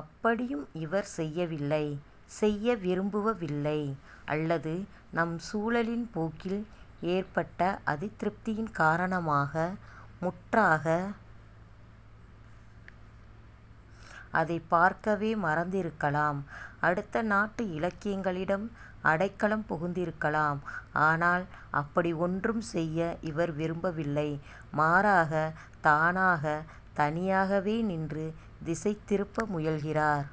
அப்படியும் இவர் செய்யவில்லை, செய்ய விரும்பவில்லை. அல்லது நம் சூழலின் போக்கில் ஏற்பட்ட அதிருப்தியின் காரணமாக முற்றாக அதைப் பார்க்கவே மறுத்திருக்கலாம். அடுத்த நாட்டு இலக்கியங்களிடம் அடைக்கலம் புகுந்திருக்கலாம். ஆனால் அப்படி ஒன்றும் செய்ய இவர் விரும்பவில்லை. மாறாக, தானாகத் தனியாகவே நின்று திசை திருப்ப முயல்கிறார்.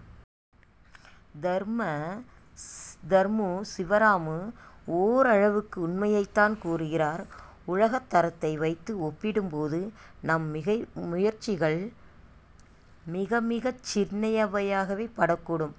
தர்மு சிவராமு ஓரளவுக்கு உண்மையைத்தான் கூறுகிறார். உலகத் தரத்தை வைத்து ஒப்பிடும்போது நம் முயற்சிகள் மிக மிகச் சின்னவையாகவே படக்கூடும்.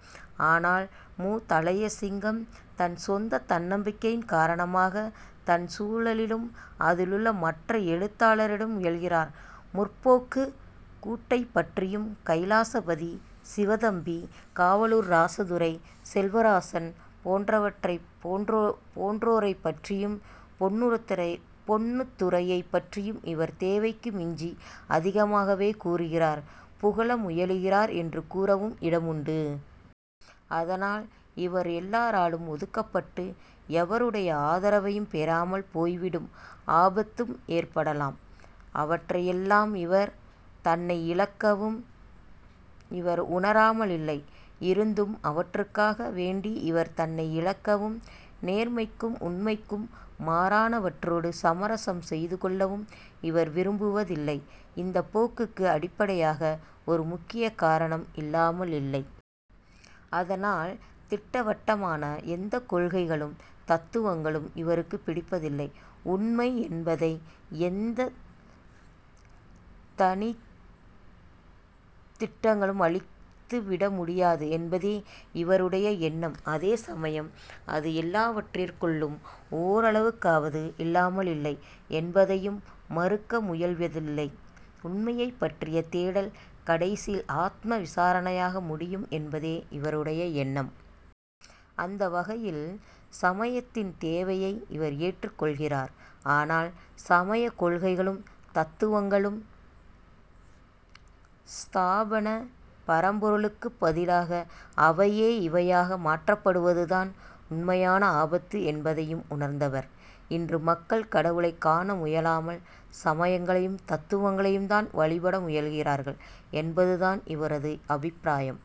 ஆனால் மு. தளையசிங்கம் தன் சொந்தத் தன்னம்பிக்கையின் காரணமாய் தன் சூழலிலும் அதிலுள்ள மற்ற எழுத்தாளர்களிடமும் அதை ஏற்றிக்காண முயல்கிறார். 'முற்போக்கு'க் கூட்டைப்பற்றியும் கைலாசபதி, சிவத்தம்பி, காவலூர் ராசதுரை, செல்வராசன் போன்றோரைப்பற்றியும் பொன்னுத்துரையைப் பற்றியும் இவர் தேவைக்கு மிஞ்சி அதிகமாகவே கூறுகிறார், புகழ முயல்கிறார் என்று கூறவும் இடமுண்டு. அதனால் இவர் எல்லோராலும் ஒதுக்கப்பட்டு எவருடைய ஆதரவையும் பெறாமல் போய்விடும் ஆபத்தும் ஏற்படலாம். அவற்றை எல்லாம் இவர் உணராமலில்லை. இருந்தும் அவற்றுக்காக வேண்டி இவர் தன்னை இழக்கவும், நேர்மைக்கும் உண்மைக்கும் மாறானவற்றோடு சமரசம் செய்துகொள்ளவும் இவர் விரும்புவதில்லை. இந்தப் போக்குக்கு அடிப்படையாக ஒரு முக்கிய காரணம் இல்லாமலில்லை. அதனால் திட்டவட்டமான எந்தக் கொள்கைகளும் தத்துவங்களும் இவருக்குப் பிடிப்பதில்லை. உண்மை என்பதை எந்தத் தனித் திட்டத்துக்குள்ளும் அமுக்கிவிட முடியாது என்பதே இவருடைய எண்ணம். அதே சமயம் அது எல்லாவற்றிற்குள்ளும் ஓரளவுக்காவது இல்லாமலில்லை என்பதையும் மறுக்க முயல்வதில்லை. உண்மையைப்பற்றிய தேடல் கடைசியில் ஆத்ம விசாரணையாக முடியும் என்பதே இவருடைய எண்ணம். அந்த வகையில் சமயத்தின் தேவையை இவர் ஏற்றுக்கொள்கிறார். ஆனால் சமயக்கொள்கைகளும் தத்துவங்களும் ஸ்தாபனங்களும் அந்த உண்மைக்கும் பரம்பொருளுக்கும் பதிலாக அவையே இவையாக மாற்றப்படுவதுதான் உண்மையான ஆபத்து என்பதையும் உணர்ந்தவர். இன்று மக்கள் கடவுளைக் காண முயலாமல் சமயங்களையும் தத்துவங்களையும்தான் வழிபட முயல்கிறார் என்பதுதான் இவரது அபிப்பிராயம்.